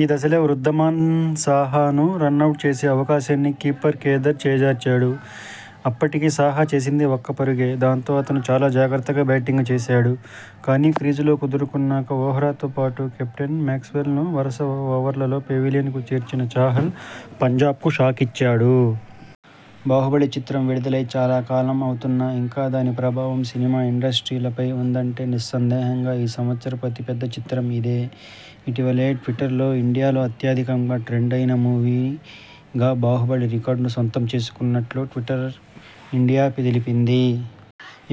ఈ దశలో వృద్ధిమాన్ సాహా ను రనౌట్ చేసే అవకాశాన్ని కీపర్ కేదార్ చేజార్చాడు. అప్పటికి సాహా చేసింది ఒక పరుగే. దాంతో అతను చాలా జాగ్రత్తగా బ్యాటింగ్ చేశాడు. కానీ, క్రీజులో కుదురుకున్న వోహ్రాతో పాటు కెప్టెన్ మాక్స్వెల్ ను వరుస ఓవర్లలో పెవిలియన్ చేర్చిన చాహల్ పంజాబ్కు షాకిచ్చాడు. 'బాహుబలి ' చిత్రం విడుదలై చాలా కాలం అవుతున్నా ఇంకా దాని ప్రభావం సినిమా ఇండస్ట్రీలపై ఉందంటే నిస్సందేహంగా ఈ సంవత్సరపు అతిపెద్ద చిత్రం ఇదే. ఇటీవలే ట్విట్టర్ ఇండియాలో అత్యధికంగా ట్రెండ్ అయిన మూవీగా 'బాహుబలి ' రికార్డ్ని సొంతం చేసుకున్నట్లుగా ట్విట్టర్ ఇండియా తెలిపింది.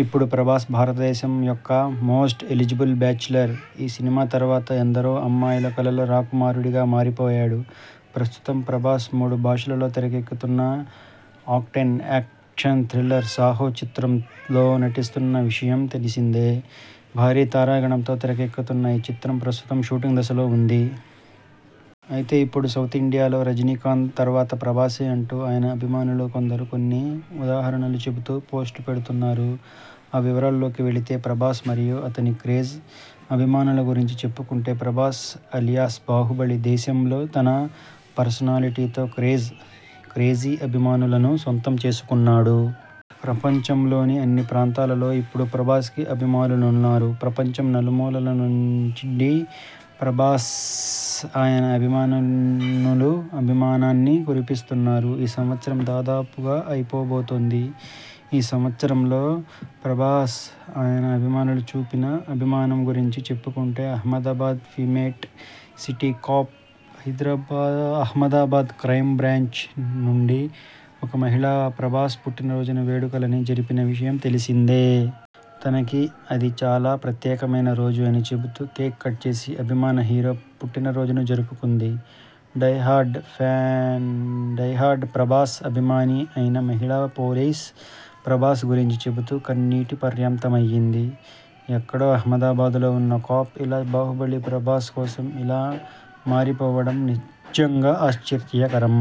ఇప్పుడు ప్రభాస్ భారతదేశం యొక్క మోస్ట్ ఎలిజిబుల్ బ్యాచ్లర్. ఈ సినిమా తర్వాత ఎందరో అమ్మాయిల కలల రాకుమారుడుగా మారిపోయాడు. ప్రస్తుతం ప్రభాస్ మూడు భాషలలో తెరకెక్కుతున్న ఆక్టేన్ యాక్షన్ థ్రిల్లర్ 'సాహో' చిత్రంలో నటిస్తున్న విషయం తెలిసిందే. భారీ తారాగణంతో తెరకెక్కుతున్న ఈ చిత్రం ప్రస్తుతం షూటింగ్ దశలో ఉంది. అయితే ఇప్పడు సౌతిండియాలో రజినీకాంత్ తర్వాత ప్రభాసే అంటూ ఆయన అభిమానులు కొందరు కొన్ని ఉదహరణలు చెబుతూ పోస్ట్లు పెడుతున్నారు. ఆ వివరాలలోకి వెళితే ప్రభాస్ మరియు అతని క్రేజీ అభిమానుల గురించి చెప్పుకుంటే ప్రభాస్ అలియాస్ బాహుబలి దేశంలో తన పర్సనాలిటీతో క్రేజీ అభిమానులను సొంతం చేసుకున్నాడు. ప్రపంచంలోని అన్ని ప్రాంతాలలో ఇప్పుడు ప్రభాస్కి అభిమానులున్నారు. ప్రపంచం నలుమూలల నుండి ప్రభాస్పై ఆయన అభిమానులు అభిమానాన్ని కురిపిస్తున్నారు. ఈ సంవత్సరం దాదాపుగా అయిపోబోతుంది. ఈ సంవత్సరంలో ప్రభాస్పై ఆయన అభిమానుల చూపిన అభిమానం గురించి చెప్పుకుంటే Ahmedabad female city cop Ahmedabad crime branch నుండి ఒక మహిళ ప్రభాస్ పుట్టినరోజున వేడుకలని జరిపిన విషయం తెలిసిందే. తనకి అది చాలా ప్రత్యేకమైన రోజు అని చెబుతూ కేక్ కట్ చేసి అభిమాన హీరో పుట్టినరోజును జరుపుకుంది. డై-హార్డ్ ప్రభాస్ అభిమాని అయిన మహిళా పోలీసు ప్రభాస్ గురించి చెబుతూ కన్నీటిపర్యంతమయింది. ఎక్కడో అహ్మదాబాద్లో ఉన్న కాప్ ఇలా బాహుబలి ప్రభాస్ కోసం ఇలా మారిపోవడం నిజంగా ఆశ్చర్యకరం.